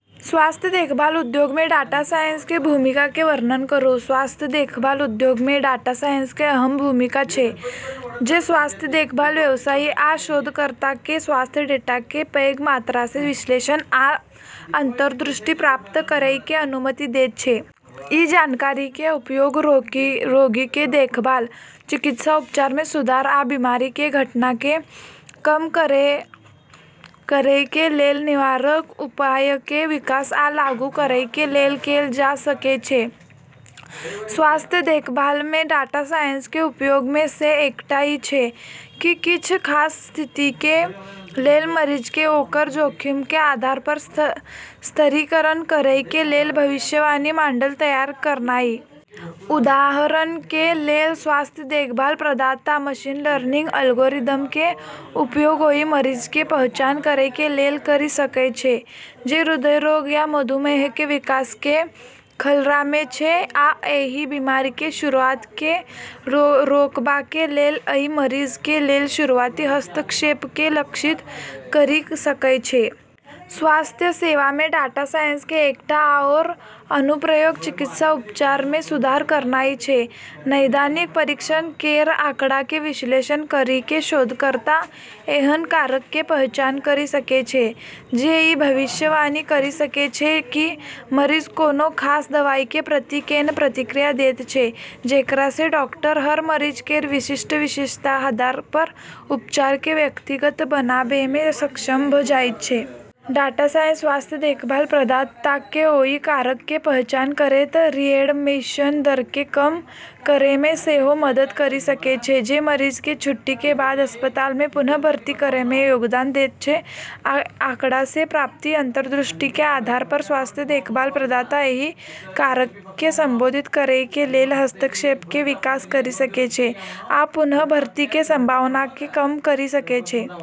स्वास्थ्य देखभाल उद्योगमे डाटा साइंसके भूमिकाके वर्णन करू - स्वास्थ्य देखभाल उद्योगमे डाटा साइंसके अहम भूमिका छै, जे स्वास्थ्य देखभाल व्यवसायी आ शोधकर्ताके स्वास्थ्य डेटाके पैघ मात्रासँ विश्लेषण आ अंतर्दृष्टि प्राप्त करैके अनुमति दैत छै। ई जानकारीके उपयोग रोगीके देखभाल, चिकित्सा उपचारमे सुधार आ बीमारिके घटनाके कम करैके लेल निवारक उपायके विकास आ लागू करैके लेल कैल जा सकै छै। स्वास्थ्य देखभालमे डाटा साइंसके उपयोगमे सँ एकटा ई छै कि किछ खास स्थितिके लेल मरीजके ओकर जोखिमके आधार पर स्तरीकरण करैके लेल भविष्यवाणी मॉडल तैयार करनाइ। उदाहरणके लेल, स्वास्थ्य देखभाल प्रदाता मशीन लर्निंग एल्गोरिदमके उपयोग ओइ मरीजके पहचान करैके लेल करि सकय छै जे हृदय रोग या मधुमेहके विकासके खतरामे छै आ एहि बीमारिके शुरुआतके रोकबाके लेल अइ मरीजके लेल शुरुआती हस्तक्षेपके लक्षित करि सकय छै। स्वास्थ्य सेवामे डाटा साइंसके एकटा आओर अनुप्रयोग चिकित्सा उपचारमे सुधार करनाइ छै। नैदानिक परीक्षण केर आँकड़ाके विश्लेषण करिके शोधकर्ता एहन कारकके पहचान करि सकै छै जे ई भविष्यवाणी करि सकै छै कि मरीज कोनो खास दवाइके प्रति केना प्रतिक्रिया दैत छै, जेकरासँ डॉक्टर हर मरीज केर विशिष्ट विशेषताके आधार पर उपचारके व्यक्तिगत बनाबैमे सक्षम भ' जाइत छै। डाटा साइंस स्वास्थ्य देखभाल प्रदाताके ओइ कारकके पहचान करैत रिएडमिशन दरके कम करैमे सेहो मदद करि सकै छै जे मरीजके छुट्टीके बाद अस्पतालमे पुनः भर्ती करैमे योगदान दैत छै। आँकड़ासँ प्राप्त अंतर्दृष्टिके आधार पर स्वास्थ्य देखभाल प्रदाता एहि कारकके संबोधित करैके लेल हस्तक्षेपके विकास करि सकै छै आ पुनः भर्तीके संभावनाके कम करि सकै छै।